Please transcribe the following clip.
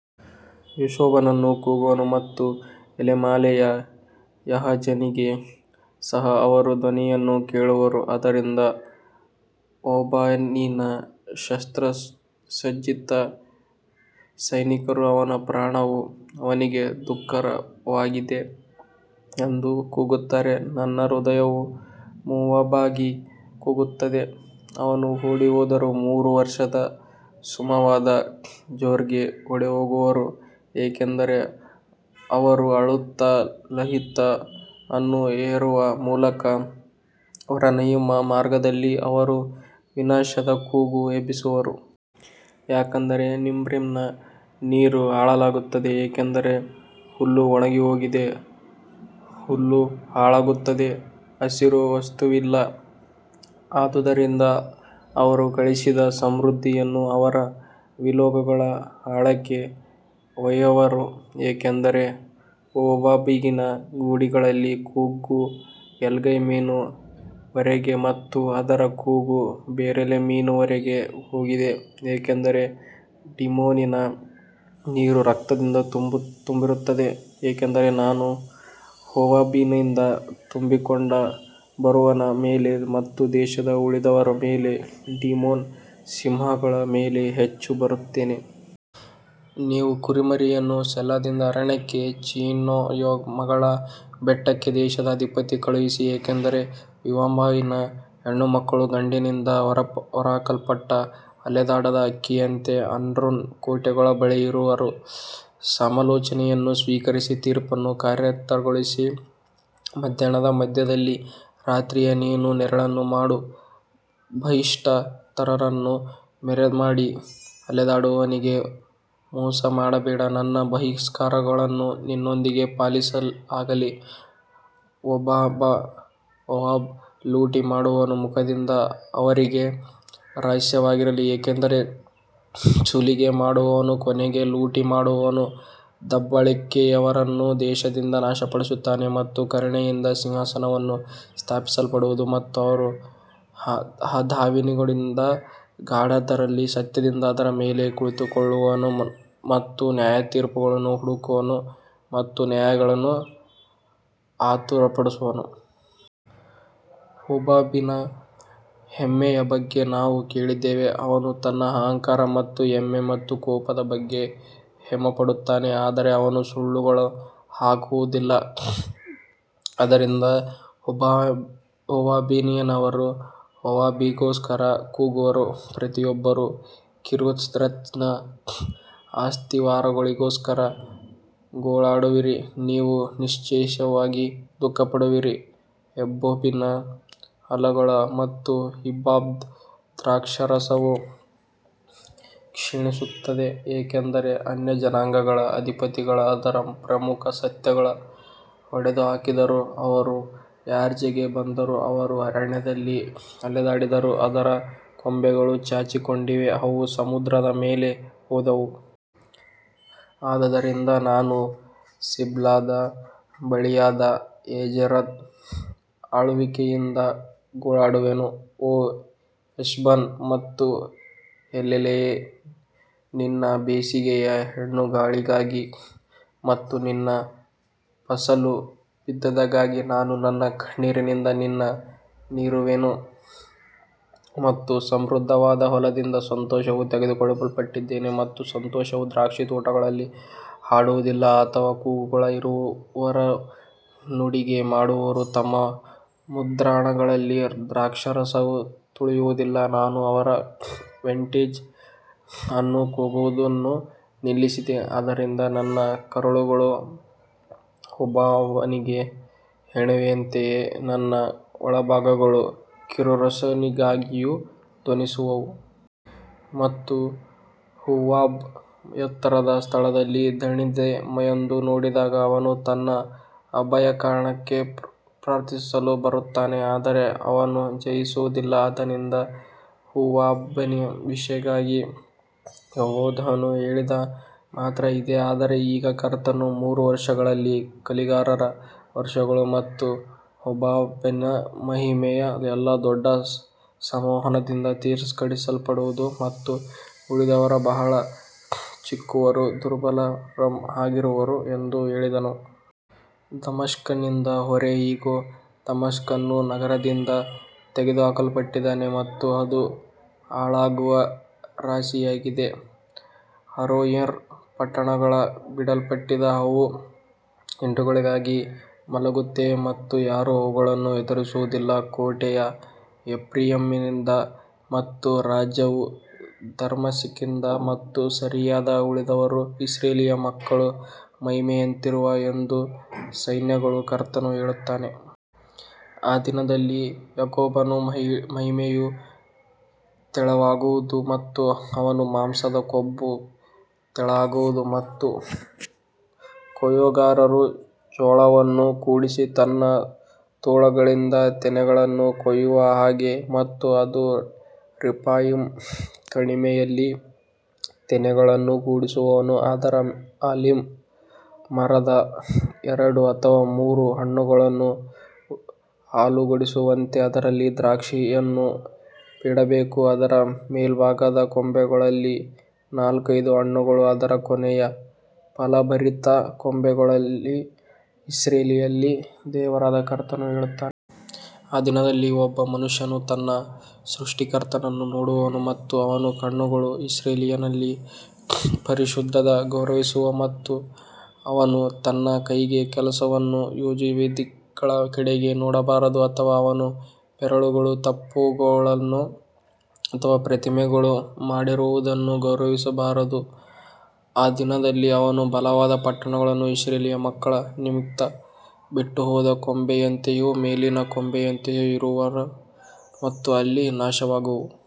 ಹೆಷ್ಬೋನನು ಕೂಗುವನು ಮತ್ತು ಎಲೆಯಾಲೆಯು ಯಹಾಜನಿಗೆ ಸಹ ಅವರ ಧ್ವನಿಯನ್ನು ಕೇಳುವರು, ಆದ್ದರಿಂದ ಮೋವಾಬಿನ ಶಸ್ತ್ರಸಜ್ಜಿತ ಸೈನಿಕರು ಅವನ ಪ್ರಾಣವು ಅವನಿಗೆ ದುಃಖಕರವಾಗಿದೆ ಎಂದು ಕೂಗುತ್ತಾರೆ. ನನ್ನ ಹೃದಯವು ಮೋವಾಬಿಗಾಗಿ ಕೂಗುತ್ತದೆ, ಅವನ ಓಡಿಹೋದವರು ಮೂರು ವರ್ಷದ ಹಸುವಾದ ಜೋರ್ಗೆ ಓಡಿಹೋಗುವರು, ಏಕೆಂದರೆ ಅವರು ಅಳುತ್ತಾ ಲುಹಿತ್ ಅನ್ನು ಏರುವ ಮೂಲಕ ಹೊರನಯಿಮ್ ಮಾರ್ಗದಲ್ಲಿ ಅವರು ವಿನಾಶದ ಕೂಗು ಎಬ್ಬಿಸುವರು. ಯಾಕಂದರೆ ನಿಮ್ರಿಮ್ನ ನೀರು ಹಾಳಾಗುತ್ತದೆ, ಏಕೆಂದರೆ ಹುಲ್ಲು ಒಣಗಿಹೋಗಿದೆ, ಹುಲ್ಲು ಹಾಳಾಗುತ್ತದೆ, ಹಸಿರು ವಸ್ತುವಿಲ್ಲ ಆದುದರಿಂದ ಅವರು ಗಳಿಸಿದ ಸಮೃದ್ಧಿಯನ್ನು ಅವರು ವಿಲೋಗಳ ಹಳ್ಳಕ್ಕೆ ಒಯ್ಯುವರು. ಯಾಕಂದರೆ ಮೋವಾಬಿನ ಗಡಿಗಳಲ್ಲಿ ಕೂಗು ಎಗ್ಲೈಮಿನ ವರೆಗೆ ಮತ್ತು ಅದರ ಕೂಗು ಬೆರೇಲಿಮಿನವರೆಗೆ ಹೋಗಿದೆ. ಯಾಕಂದರೆ ಡಿಮೋನಿನ ನೀರು ರಕ್ತದಿಂದ ತುಂಬಿರುತ್ತದೆ ಏಕೆಂದರೆ ನಾನು ಮೋವಾಬಿನಿಂದ ತಪ್ಪಿಸಿಕೊಂಡು ಬರುವವನ ಮೇಲೆ ಮತ್ತು ದೇಶದ ಉಳಿದವರ ಮೇಲೆ ಡಿಮೋನ್ ಸಿಂಹಗಳ ಮೇಲೆ ಹೆಚ್ಚು ಬರುತ್ತೇನೆ. ನೀವು ಕುರಿಮರಿಯನ್ನು ಸೇಲಾದಿಂದ ಅರಣ್ಯಕ್ಕೆ ಚೀಯೋನ್ ಮಗಳ ಬೆಟ್ಟಕ್ಕೆ ದೇಶದ ಅಧಿಪತಿಗೆ ಕಳುಹಿಸಿ. ಯಾಕಂದರೆ ಮೋವಾಬಿನ ಹೆಣ್ಣುಮಕ್ಕಳು ಗೂಡಿನಿಂದ ಹೊರಹಾಕಲ್ಪಟ್ಟ ಅಲೆದಾಡುವ ಹಕ್ಕಿಯಂತೆ ಅರ್ನೋನ್ ಕೋಟೆಗಳ ಬಳಿ ಇರುವರು. ಸಮಾಲೋಚನೆಯನ್ನು ಸ್ವೀಕರಿಸಿ ತೀರ್ಪನ್ನು ಕಾರ್ಯಗತಗೊಳಿಸು ಮಧ್ಯಾಹ್ನದ ಮಧ್ಯದಲ್ಲಿ ರಾತ್ರಿಯು ನಿನ್ನ ನೆರಳನ್ನು ಮಾಡು, ಬಹಿಷ್ಕೃತರನ್ನು ಮರೆಮಾಡಿ ಅಲೆದಾಡುವವನಿಗೆ ಮೋಸ ಮಾಡಬೇಡ ನನ್ನ ಬಹಿಷ್ಕಾರಗಳು ನಿನ್ನೊಂದಿಗೆ ವಾಸವಾಗಲಿ ಮೋವಾಬ್ ಲೂಟಿ ಮಾಡುವವನ ಮುಖದಿಂದ ಅವರಿಗೆ ರಹಸ್ಯವಾಗಿರಲಿ, ಏಕೆಂದರೆ ಸುಲಿಗೆ ಮಾಡುವವನು ಕೊನೆಗೆ ಲೂಟಿ ಮಾಡುವವನು ದಬ್ಬಾಳಿಕೆಯವರನ್ನು ದೇಶದಿಂದ ನಾಶಪಡಿಸುತ್ತಾನೆ ಮತ್ತು ಕರುಣೆಯಿಂದ ಸಿಂಹಾಸನವು ಸ್ಥಾಪಿಸಲ್ಪಡುವದು ಮತ್ತು ಅವನು ದಾವೀದನ ಗುಡಾರದಲ್ಲಿ ಸತ್ಯದಿಂದ ಅದರ ಮೇಲೆ ಕುಳಿತುಕೊಳ್ಳುವನು ಮತ್ತು ನ್ಯಾಯತೀರ್ಪನ್ನು ಹುಡುಕುವನು ಮತ್ತು ನ್ಯಾಯವನ್ನು ಆತುರಪಡುವನು. ಮೋವಾಬಿನ ಹೆಮ್ಮೆಯ ಬಗ್ಗೆ ನಾವು ಕೇಳಿದ್ದೇವೆ, ಅವನು ತನ್ನ ಅಹಂಕಾರ ಮತ್ತು ಹೆಮ್ಮೆ ಮತ್ತು ಕೋಪದ ಬಗ್ಗೆ ಹೆಮ್ಮೆಪಡುತ್ತಾನೆ ಆದರೆ ಅವನ ಸುಳ್ಳುಗಳು ಹಾಗಾಗುವುದಿಲ್ಲ. ಆದದರಿಂದ ಮೋವಾಬಿನವರು ಮೋವಾಬಿನಿಗೋಸ್ಕರ ಕೂಗುವರು, ಪ್ರತಿಯೊಬ್ಬನು ಕಿರ್ಹರೆಸೆತ್ನ ಅಸ್ತಿವಾರಗಳಿಗೋಸ್ಕರ ಗೋಳಾಡುವಿರಿ, ನೀವು ನಿಶ್ಚಯವಾಗಿ ದುಃಖಪಡುವಿರಿ. ಹೆಷ್ಬೋನಿನ ಹೊಲಗಳು ಮತ್ತು ಸಿಬ್ಮಾದ ದ್ರಾಕ್ಷಾರಸವು ಕ್ಷೀಣಿಸುತ್ತಿದೆ ಏಕೆಂದರೆ ಅನ್ಯಜನಾಂಗಗಳ ಅಧಿಪತಿಗಳು ಅದರ ಪ್ರಮುಖ ಸಸ್ಯಗಳನ್ನು ಒಡೆದುಹಾಕಿದರು, ಅವರು ಯಾಜೆರ್ಗೆ ಬಂದರು, ಅವರು ಅರಣ್ಯದಲ್ಲಿ ಅಲೆದಾಡಿದರು, ಅದರ ಕೊಂಬೆಗಳು ಚಾಚಿಕೊಂಡಿವೆ, ಅವು ಸಮುದ್ರದ ಮೇಲೆ ಹೋದವು. ಆದದರಿಂದ ನಾನು ಸಿಬ್ಮದ ಬಳ್ಳಿಯಾದ ಯಾಜೆರನ ಅಳುವಿಕೆಯಿಂದ ಗೋಳಾಡುವೆನು, ಓ ಹೆಷ್ಬೋನ್ ಮತ್ತು ಎಲೇಲೆಯೇ ನಿನ್ನ ಬೇಸಿಗೆಯ ಹಣ್ಣುಗಳಿಗಾಗಿ ಮತ್ತು ನಿನ್ನ ಫಸಲು ಬಿದ್ದದ್ದಕ್ಕಾಗಿ ನಾನು ನನ್ನ ಕಣ್ಣೀರಿನಿಂದ ನಿನ್ನನ್ನು ನೀರಿರುವೆನು. ಮತ್ತು ಸಮೃದ್ಧವಾದ ಹೊಲದಿಂದ ಸಂತೋಷವು ತೆಗೆದುಹಾಕಲ್ಪಟ್ಟಿದೆ ಮತ್ತು ಸಂತೋಷವು ದ್ರಾಕ್ಷಿತೋಟಗಳಲ್ಲಿ ಹಾಡುವದಿಲ್ಲ, ಅಥವಾ ಕೂಗುಗಳು ಇರಲಾರವು, ನಡಿಗೆ ಮಾಡುವವರು ತಮ್ಮ ಮುದ್ರಣಗಳಲ್ಲಿ ದ್ರಾಕ್ಷಾರಸವನ್ನು ತುಳಿಯುವುದಿಲ್ಲ, ನಾನು ಅವರ ವಿಂಟೇಜ್ ಅನ್ನು ಕೂಗುವುದನ್ನು ನಿಲ್ಲಿಸಿದೆ ಆದದರಿಂದ ನನ್ನ ಕರುಳುಗಳು ಮೋವಾಬಿಗೆ ವೀಣೆಯಂತೆಯೂ ನನ್ನ ಒಳಭಾಗಗಳು ಕಿರ್ಹರೇಷನಿಗಾಗಿಯೂ ಧ್ವನಿಸುವವು. ಮತ್ತು ಮೋವಾಬ್ ಎತ್ತರದ ಸ್ಥಳದಲ್ಲಿ ದಣಿದಿದೆ ಎಂದು ನೋಡಿದಾಗ ಅವನು ತನ್ನ ಅಭಯಾರಣ್ಯಕ್ಕೆ ಪ್ರಾರ್ಥಿಸಲು ಬರುತ್ತಾನೆ ಆದರೆ ಅವನು ಜಯಿಸುವುದಿಲ್ಲ. ಅಂದಿನಿಂದ ಮೋವಾಬಿನ ವಿಷಯವಾಗಿ ಯೆಹೋವನು ಹೇಳಿದ ಮಾತು ಇದೇ ಆದರೆ ಈಗ ಕರ್ತನು ಮೂರು ವರುಷಗಳಲ್ಲಿ ಕೂಲಿಗಾರನ ವರ್ಷಗಳು ಮತ್ತು ಮೋವಾಬಿನ ಮಹಿಮೆಯು ಎಲ್ಲಾ ದೊಡ್ಡ ಸಮೂಹದಿಂದ ತಿರಸ್ಕರಿಸಲ್ಪಡುವದು ಮತ್ತು ಉಳಿದವರು ಬಹಳ ಚಿಕ್ಕವರೂ ದುರ್ಬಲರೂ ಆಗಿರುವರು ಎಂದು ಹೇಳಿದನು. ದಮಸ್ಕನಿಂದ ಹೊರೆ ಇಗೋ, ದಮಸ್ಕನ್ನ ನಗರದಿಂದ ತೆಗೆದುಹಾಕಲ್ಪಟ್ಟಿದೆ ಮತ್ತು ಅದು ಹಾಳಾಗುವ ರಾಶಿಯಾಗಿದೆ ಅರೋಯೇರ್ ಪಟ್ಟಣಗಳು ಬಿಡಲ್ಪಟ್ಟಿವೆ, ಅವು ಹಿಂಡುಗಳಾಗಿ ಮಲಗುತ್ತವೆ ಮತ್ತು ಯಾರೂ ಅವುಗಳನ್ನು ಹೆದರಿಸುವುದಿಲ್ಲ. ಕೋಟೆಯು ಎಫ್ರಾಯೀಮ್ನಿಂದ ಮತ್ತು ರಾಜ್ಯವು ದಮಸ್ಕಿಂದ ಮತ್ತು ಸಿರಿಯಾದ ಉಳಿದವರು ಇಸ್ರಾಯೇಲ್ ಮಕ್ಕಳ ಮಹಿಮೆಯಂತಿರುವರು ಎಂದು ಸೈನ್ಯಗಳ ಕರ್ತನು ಹೇಳುತ್ತಾನೆ. ಆ ದಿನದಲ್ಲಿ ಯಾಕೋಬನ ಮಹಿಮೆಯು ತೆಳುವಾಗುವುದು ಮತ್ತು ಅವನ ಮಾಂಸದ ಕೊಬ್ಬು ತೆಳುವಾಗುವುದು. ಮತ್ತು ಕೊಯ್ಲುಗಾರನು ಜೋಳವನ್ನು ಕೂಡಿಸಿ ತನ್ನ ತೋಳುಗಳಿಂದ ತೆನೆಗಳನ್ನು ಕೊಯ್ಯುವ ಹಾಗೆ ಮತ್ತು ಅದು ರೆಫಾಯೀಮ್ ಕಣಿವೆಯಲ್ಲಿ ತೆನೆಗಳನ್ನು ಕೂಡಿಸುವವನು. ಆದರೂ, ಆಲಿವ್ ಮರದ ಎರಡು ಅಥವಾ ಮೂರು ಹಣ್ಣುಗಳನ್ನು ಅಲುಗಾಡಿಸುವಂತೆ ಅದರಲ್ಲಿ ದ್ರಾಕ್ಷಿಯನ್ನು ಬಿಡಬೇಕು, ಅದರ ಮೇಲ್ಭಾಗದ ಕೊಂಬೆಗಳಲ್ಲಿ ನಾಲ್ಕೈದು ಹಣ್ಣುಗಳು ಅದರ ಕೊನೆಯ ಫಲಭರಿತ ಕೊಂಬೆಗಳಲ್ಲಿ ಇಸ್ರಾಯೇಲಿನ ದೇವರಾದ ಕರ್ತನು ಹೇಳುತ್ತಾನೆ. ಆ ದಿನದಲ್ಲಿ ಒಬ್ಬ ಮನುಷ್ಯನು ತನ್ನ ಸೃಷ್ಟಿಕರ್ತನನ್ನು ನೋಡುವನು ಮತ್ತು ಅವನ ಕಣ್ಣುಗಳು ಇಸ್ರಾಯೇಲಿನ ಪರಿಶುದ್ಧನನ್ನು ಗೌರವಿಸುವವು ಮತ್ತು ಅವನು ತನ್ನ ಕೈಗಳ ಕೆಲಸವನ್ನು ಯಜ್ಞವೇದಿಗಳ ಕಡೆಗೆ ನೋಡಬಾರದು ಅಥವಾ ಅವನ ಬೆರಳುಗಳು ತೋಪುಗಳನ್ನು ಅಥವಾ ಪ್ರತಿಮೆಗಳನ್ನು ಮಾಡಿರುವುದನ್ನು ಗೌರವಿಸಬಾರದು. ಆ ದಿನದಲ್ಲಿ ಅವನ ಬಲವಾದ ಪಟ್ಟಣಗಳು ಇಸ್ರಾಯೇಲ್ ಮಕ್ಕಳ ನಿಮಿತ್ತ ಬಿಟ್ಟುಹೋದ ಕೊಂಬೆಯಂತೆಯೂ ಮೇಲಿನ ಕೊಂಬೆಯಂತೆಯೂ ಇರುವವು ಮತ್ತು ಅಲ್ಲಿ ನಾಶವಾಗುವವು.